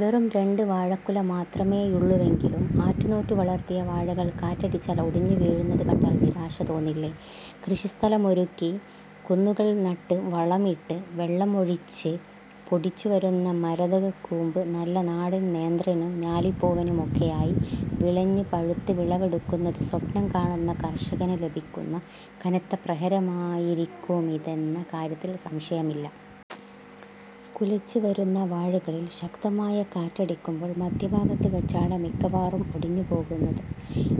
വെറും രണ്ട് വാഴക്കുല മാത്രമേയുള്ളുവെങ്കിലും ആറ്റുനോറ്റു വളര്‍ത്തിയ വാഴകള്‍ കാറ്റടിച്ചാൽ ഒടിഞ്ഞു വീഴുന്നത് കണ്ടാല്‍ നിരാശ തോന്നില്ലേ? കൃഷിസ്ഥലമൊരുക്കി കുന്നുകള്‍ നട്ട് വളമിട്ട് വെള്ളമൊഴിച്ച് പൊടിച്ചു വരുന്ന മരതകക്കൂമ്പ് നല്ല നാടന്‍ നേന്ത്രനും ഞാലിപ്പൂവനുമൊക്കെയായി വിളഞ്ഞ് പഴുത്ത് വിളവെടുക്കുന്നത് സ്വപ്നം കാണുന്ന കര്‍ഷകന്‍ ലഭിക്കുന്ന കനത്ത പ്രഹരമായിരിക്കുമിതെന്ന കാര്യത്തില്‍ സംശയമില്ല. കുലച്ച് വരുന്ന വാഴകളിൽ ശക്തമായ കാറ്റടിക്കുമ്പോള്‍ മധ്യഭാഗത്ത് വെച്ചാണ് മിക്കവാറും ഒടിഞ്ഞുപോകുന്നത്.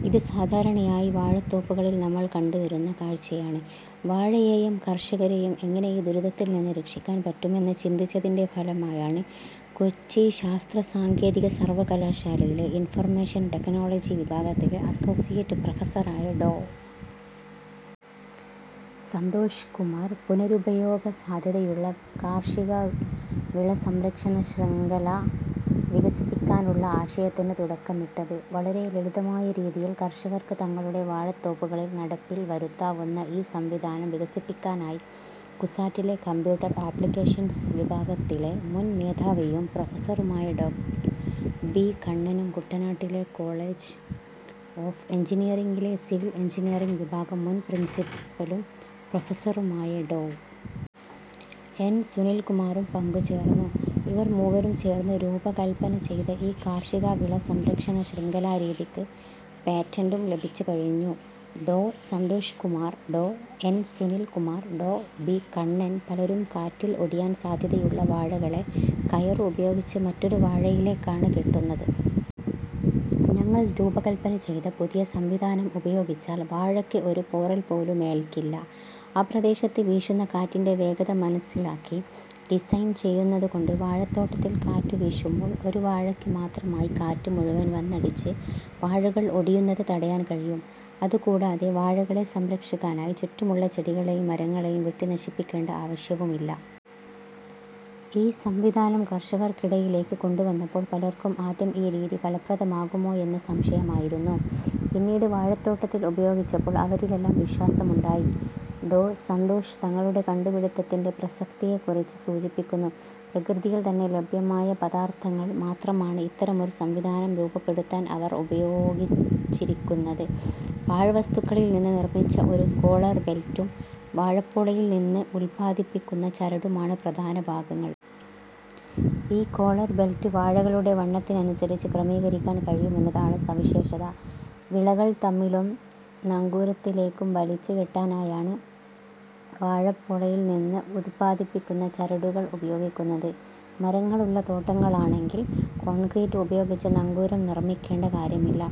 ഇത് സാധാരണയായി വാഴത്തോപ്പുകളില്‍ നമ്മള്‍ കണ്ടുവരുന്ന കാഴ്ചയാണ്. വാഴയെയും കര്‍ഷകരെയും എങ്ങനെ ഈ ദുരിതത്തില്‍ നിന്ന് രക്ഷിക്കാന്‍ പറ്റുമെന്ന് ചിന്തിച്ചതിന്‍റെ ഫലമായാണ് കൊച്ചി ശാസ്ത്രസാങ്കേതിക സര്‍വകലാശാലയിലെ ഇന്‍ഫര്‍മേഷൻ ടെക്നോളജി വിഭാഗത്തിലെ അസോസിയേറ്റ് പ്രൊഫസറായ ഡോ. സന്തോഷ് കുമാര്‍ പുനരുപയോഗ സാധ്യതയുള്ള കാര്‍ഷിക വിള സംരക്ഷണ ശ്യംഖല വികസിപ്പിക്കാനുള്ള ആശയത്തിന് തുടക്കമിട്ടത്. വളരെ ലളിതമായ രീതിയില്‍ കര്‍ഷകര്‍ക്ക് തങ്ങളുടെ വാഴത്തോപ്പുകളില്‍ നടപ്പില്‍ വരുത്താവുന്ന ഈ സംവിധാനം വികസിപ്പിക്കാനായി കുസാറ്റിലെ കമ്പ്യൂട്ടര്‍ ആപ്ലിക്കേഷൻസ് വിഭാഗത്തിലെ മുന്‍ മേധാവിയും പ്രൊഫസറുമായ ഡോ. ബി കണ്ണനും കുട്ടനാട്ടിലെ കോളജ് ഓഫ് എഞ്ചിനീയറിങ്ങിലെ സിവില്‍ എഞ്ചിനീയറിങ്ങ് വിഭാഗം മുന്‍ പ്രിന്‍സിപ്പലും പ്രൊഫസറുമായ ഡോ. എന്‍. സുനില്‍ കുമാറും പങ്കുചേര്‍ന്നു. ഇവര്‍ മൂവരും ചേര്‍ന്ന് രൂപകല്പന ചെയ്ത ഈ കാര്‍ഷിക വിള സംരക്ഷണ ശ്യംഖലാ രീതിക്ക് പേറ്റന്‍റും ലഭിച്ചു കഴിഞ്ഞു. ഡോ. സന്തോഷ് കുമാർ, ഡോ. എൻ. സുനിൽ കുമാർ, ഡോ. ബി. കണ്ണൻ ' പലരും കാറ്റില്‍ ഒടിയാന്‍ സാധ്യതയുള്ള വാഴകളെ കയര്‍ ഉപയോഗിച്ച് മറ്റൊരു വാഴയിലേക്കാണ് കെട്ടുന്നത്. ഞങ്ങള്‍ രൂപകല്‍പ്പന ചെയ്ത പുതിയ സംവിധാനം ഉപയോഗിച്ചാല്‍ വാഴയ്ക്ക് ഒരു പോറല്‍ പോലുമേൽക്കില്ല. ആ പ്രദേശത്ത് വീശുന്ന കാറ്റിന്‍റെ വേഗത മനസിലാക്കി ഡിസൈൻ ചെയ്യുന്നതുകൊണ്ട് വാഴത്തോട്ടത്തിൽ കാറ്റുവീശുമ്പോൾ ഒരു വാഴയ്ക്കു മാത്രമായി കാറ്റ് മുഴുവന്‍ വന്നടിച്ച് വാഴകള്‍ ഒടിയുന്നത് തടയാന്‍ കഴിയും. അതുകൂടാതെ വാഴകളെ സംരക്ഷിക്കാനായി ചുറ്റുമുള്ള ചെടികളെയും മരങ്ങളെയും വെട്ടി നശിപ്പിക്കേണ്ട ആവശ്യവുമില്ല. ഈ സംവിധാനം കർഷകർക്കിടയിലേക്ക് കൊണ്ടുവന്നപ്പോള്‍ പലര്‍ക്കും ആദ്യം ഈ രീതി ഫലപ്രദമാകുമോയെന്ന സംശയമായിരുന്നു. പിന്നീട് വാഴത്തോട്ടത്തിൽ ഉപയോഗിച്ചപ്പോള്‍ അവരിലെല്ലാം വിശ്വാസമുണ്ടായി ' ഡോ. സന്തോഷ് തങ്ങളുടെ കണ്ടുപിടുത്തത്തിന്‍റെ പ്രസക്തിയെക്കുറിച്ച് സൂചിപ്പിക്കുന്നു. പ്രകൃതിയില്‍ തന്നെ ലഭ്യമായ പദാർത്തങ്ങൾ മാത്രമാണ് ഇത്തരമൊരു സംവിധാനം രൂപപ്പെടുത്താൻ ഇവര്‍ ഉപയോഗിച്ചിരിക്കുന്നത്. പാഴ് വസ്തുക്കളില്‍ നിന്ന് നിര്‍മിച്ച ഒരു കോളർ ബെൽറ്റും വാഴപ്പോളയില്‍ നിന്ന് ഉത്പാദിപ്പിക്കുന്ന ചരടുമാണ് പ്രധാന ഭാഗങ്ങള്‍. ഈ കോളർ ബെൽറ്റ് വാഴകളുടെ വണ്ണത്തിനനുസരിച്ച് ക്രമീകരിക്കാന്‍ കഴിയുമെന്നതാണ് സവിശേഷത. വിളകള്‍ തമ്മിലും നങ്കൂരത്തിലേക്കും വലിച്ചു കെട്ടാനായാണ് വാഴപ്പോളയില്‍ നിന്ന് ഉത്പാദിപ്പിക്കുന്ന ചരടുകള്‍ ഉപയോഗിക്കുന്നത്. മരങ്ങളുള്ള തോട്ടങ്ങളാണെങ്കിൽ കോണ്ക്രീറ്റ് ഉപയോഗിച്ച് നങ്കൂരം നിര്‍മിക്കേണ്ട കാര്യമില്ല.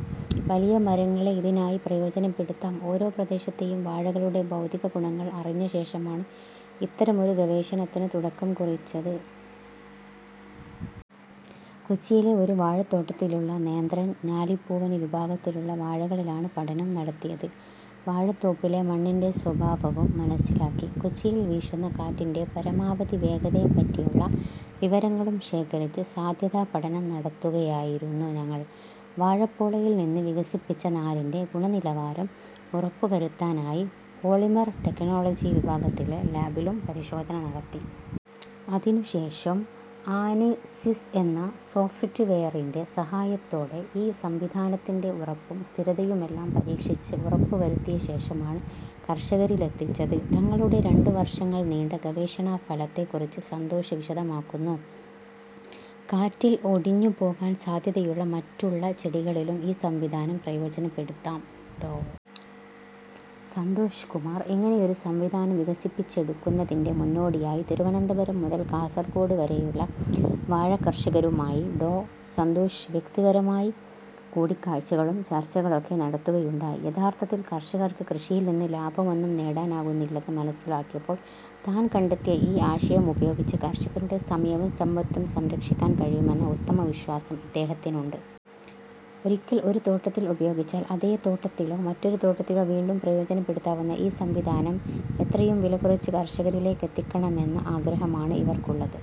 വലിയ മരങ്ങളെ ഇതിനായി പ്രയോജനപ്പെടുത്താം. ' ഓരോ പ്രദേശത്തെയും വാഴകളുടെ ഭൗതിക ഗുണങ്ങള്‍ അറിഞ്ഞ ശേഷമാണ് ഇത്തരമൊരു ഗവേഷണത്തിന് തുടക്കം കുറിച്ചത്. കൊച്ചിയിലെ ഒരു വാഴത്തോട്ടത്തിലുള്ള നേന്ത്രൻ, ഞാലിപ്പൂവന് വിഭാഗത്തിലുള്ള വാഴകളിലാണ് പഠനം നടത്തിയത്. വാഴത്തോപ്പിലെ മണ്ണിന്‍റെ സ്വഭാവവും മനസിലാക്കി. കൊച്ചിയില്‍ വീശുന്ന കാറ്റിന്‍റെ പരമാവധി വേഗതയെപ്പറ്റിയുള്ള വിവരങ്ങളും ശേഖരിച്ച് സാധ്യതാ പഠനം നടത്തുകയായിരുന്നു ഞങ്ങള്‍. വാഴപ്പോളയില്‍ നിന്ന് വികസിപ്പിച്ച നാരിന്‍റെ ഗുണനിലവാരം ഉറപ്പുവരുത്താനായി പോളിമർ ടെക്നോളജി വിഭാഗത്തിലെ ലാബിലും പരിശോധന നടത്തി. അതിനുശേഷം ആന്സിസ് എന്ന സോഫ്റ്റ് വെയറിന്റെ സഹായത്തോടെ ഈ സംവിധാനത്തിന്‍റെ ഉറപ്പും സ്ഥിരതയുമെല്ലാം പരീക്ഷിച്ച് ഉറപ്പുവരുത്തിയ ശേഷമാണ് കർഷകരിലെത്തിച്ചത് ' തങ്ങളുടെ രണ്ടു വര്‍ഷങ്ങള്‍ നീണ്ട ഗവേഷണ ഫലത്തെക്കുറിച്ച് സന്തോഷ് വിശദമാക്കുന്നു. കാറ്റിൽ ഒടിഞ്ഞു പോകാൻ സാധ്യതയുള്ള മറ്റുള്ള ചെടികളിലും ഈ സംവിധാനം പ്രയോജനപ്പെടുത്താം. ഡോ. സന്തോഷ് കുമാർ ഇങ്ങനെയൊരു സംവിധാനം വികസിപ്പിച്ചെടുക്കുന്നതിന്റെ മുന്നോടിയായി തിരുവനന്തപുരം മുതല്‍ കാസര്‍കോട് വരെയുള്ള വാഴക്കർഷകരുമായി ഡോ. സന്തോഷ് വ്യക്തിപരമായി കൂടിക്കാഴ്ചകളും ചര്‍ച്ചകളൊക്കെ നടത്തുകയുണ്ടായി. യഥാര്‍ഥത്തിൽ കര്‍ഷകര്‍ക്ക് കൃഷിയില്‍ നിന്ന് ലാഭമൊന്നും നേടാനാകുന്നില്ലെന്ന് മനസിലാക്കിയപ്പോള്‍ താന്‍ കണ്ടെത്തിയ ഈ ആശയമുപയോഗിച്ച് കര്‍ഷകരുടെ സമയവും സമ്പത്തും സംരക്ഷിക്കാന്‍ കഴിയുമെന്ന ഉത്തമ വിശ്വാസം ഇദ്ദേഹത്തിനുണ്ട്. ഒരിക്കല്‍ ഒരു തോട്ടത്തില്‍ ഉപയോഗിച്ചാല്‍ അതേ തോട്ടത്തിലോ മറ്റൊരു തോട്ടത്തിലോ വീണ്ടും പ്രയോജനപ്പെടുത്താവുന്ന ഈ സംവിധാനം എത്രയും വില കുറച്ച് കർഷകരിലേക്കെത്തിക്കണമെന്ന ആഗ്രഹമാണ് ഇവർക്കുള്ളത്.